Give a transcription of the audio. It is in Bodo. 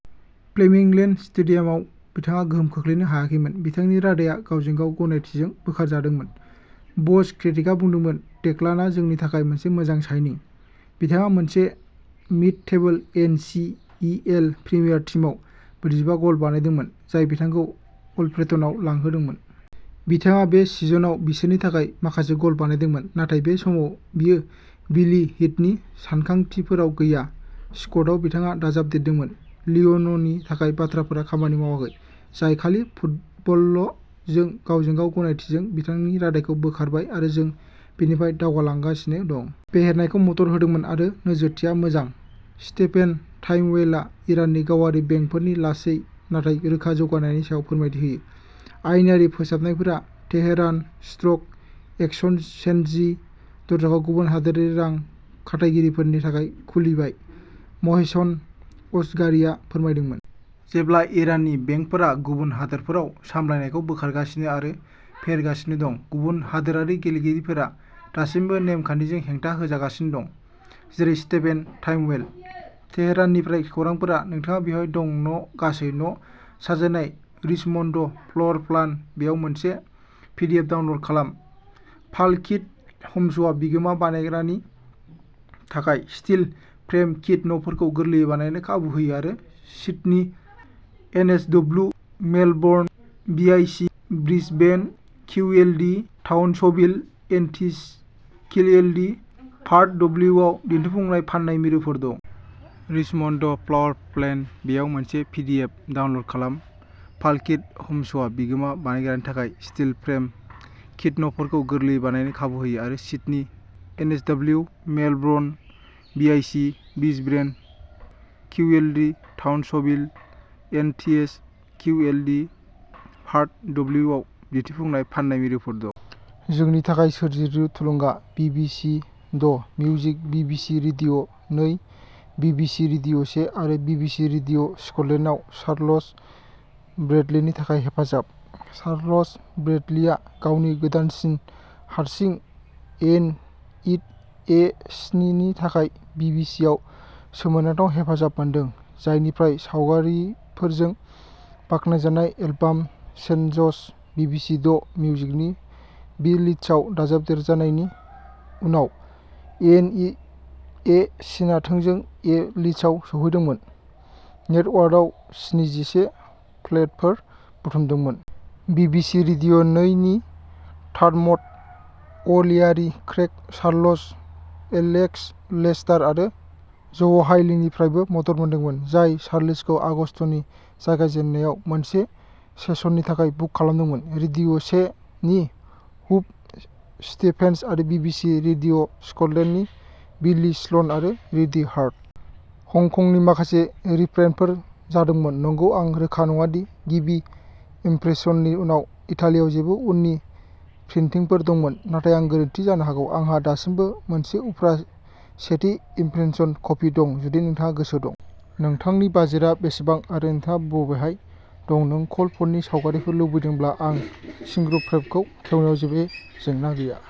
फ्लेमिंग'लेन्ड स्टेडियामाव बिथाङा गोहोम खोख्लैनो हायाखैमोन। बिथांनि रादाइया गावजों-गाव गनायथिजों बोखारजादोंमोन। बस किट्रिकआ बुंदोंमोन डेक्लानआ जोंनि थाखाय मोनसे मोजां साइनिं। बिथाङा मोनसे mid table N C E L premier टीमआव ब्रैजिबा गल बानायदोंमोन, जाय बिथांखौ अल्फ्रेटनआव लांहोदोंमोन। बिथाङा बे सिजनआव बिसोरनि थाखाय माखासे गल बानायदोंमोन, नाथाय बे समाव बियो बिली हीथनि सानथांखिफोराव गैया। स्कटआव बिथाङा दाजाबदेरदोंमोन लिय'ननि थाखाय बाथ्राफोरा खामानि मावाखै, जाय खालि फुटबलल'। जों गावजों-गाव गनायथिजों बिथांनि रादाइखौ बोखारबाय आरो जों बेनिफ्राय दावगालांगासिनो दं। फेहेरनायखौ मदद होदोंमोन आरो नोजोरथिया मोजां। स्टेफेन टाइमवेलआ इराननि गावारि बेंकफोरनि लासै नाथाय रोखा जौगानायनि सायाव फोरमायथि होयो। आयेनारि फोसाबनायफोरा तेहरान स्टक एक्सचेन्जनि दरजाखौ गुबुन हादोरारि रां खाथायगिरिफोरनि थाखाय खुलिबाय, महसेन असगारिआ फोरमायदोंमोन। जेब्ला इराननि बेंकफोरा गुबुन हादोरफोराव सामलायनायखौ बोखारगासिनो आरो फेहेरगासिनो दं, गुबुन हादोरारि गेलेगिरिफोरा दासिमबो नेमखान्थिजों हेंथा होजागासिनो दं, जेरै स्टेफेन टाइमवेल। तेहराननिफ्राय खौरांफोर। नोंथाङा बेवहाय दं न'गासै न' साजायनाय रिचमन्ड फ्ल'र प्लान-बेयाव मोनसे पिडिएफ डाउनल'ड खालाम-पाल किट ह'म्सआ बिगोमा बानायग्रानि थाखाय स्टिल फ्रेम किट न'फोरखौ गोरलैयै बानायनो खाबु होयो आरो Sydney NSW, Melbourne VIC, Brisbane QLD, Townsville NTH QLD, Perth डब्लिउएआव दिन्थिफुंनाय फान्नाय मिरुफोर दं। रिचमन्ड फ्ल'र प्लेन-बेयाव मोनसे पिडिएफ डाउनल'ड खालाम-पाल किट ह'म्सआ बिगोमा बानायग्रानि थाखाय स्टिल फ्रेम किट न'फोरखौ गोरलैयै बानायनो खाबु होयो आरो Sydney NSW, Melbourne VIC, Brisbane QLD, Townsville NTH QLD, Perth डब्लिउएआव दिन्थिफुंनाय/फान्नाय मिरुफोर दं। जोंनि थाखाय सोरजिलु थुलुंगा। BBC the' music, BBC radio' नै, बिबिसि रेडिय' से आरो बिबिसि रेडिय'स्कटलेन्डआव चार्ल्स ब्रेडलिनि थाखाय हेफाजाब! चार्ल्स ब्रेडलिआ गावनि गोदानसिन हारसिं'एइन्ट इट ए सिन'नि थाखाय बिबिसिआव सोमोनांथाव हेफाजाब मोनदों, जायनिफ्राय सावरायगिरिफोरजों बाख्नायजानाय एलबाम'चेन्जस' बिबिसि द' मिउजिकनि बि लिस्टआव दाजाबदेरजानायनि उनाव, एइन्ट इट ए सिनआ थोंजों ए लिस्टआव सौहैदोंमोन, नेटवर्कआव स्निजिसे प्लेफोर बुथुमदोंमोन। बिबिसि रेडिय' नै नि Dermot O'Leary, Craig Charles, Alex Lester आरो ज'व्हाइलीनिफ्रायबो मदद मोनदोंमोन, जाय चार्ल्सखौ आगस्तनि जागायजेन्नायाव मोनसे सेसननि थाखाय बुक खालामदोंमोन, रेडिय' से नि हुव स्टीफेन्स आरो बिबिसि रेडिय'स्कटलेन्डनि बिली स्ल'न आरो रडी हार्ट। हंकंनि माखासे रिप्रिन्टफोर जादोंमोन, नंगौ आं रोखा नङा दि गिबि इम्प्रेशननि उनाव इटालियाव जेबो उननि प्रिन्टिंफोर दंमोन, नाथाय आं गोरोन्थि जानो हागौ। आंहा दासिमबो मोनसे उफ्रा सेथि इम्प्रेशन कपि दं, जुदि नोंथाङा गोसो दं। नोंथांनि बाजेटआ बेसेबां आरो नोंथाङा बबेहाय दं नों कल फननि सावगारिफोर लुबैदोंब्ला आं श्रिंकव्रेपखौ खेवनायाव जेबो जेंना गैया।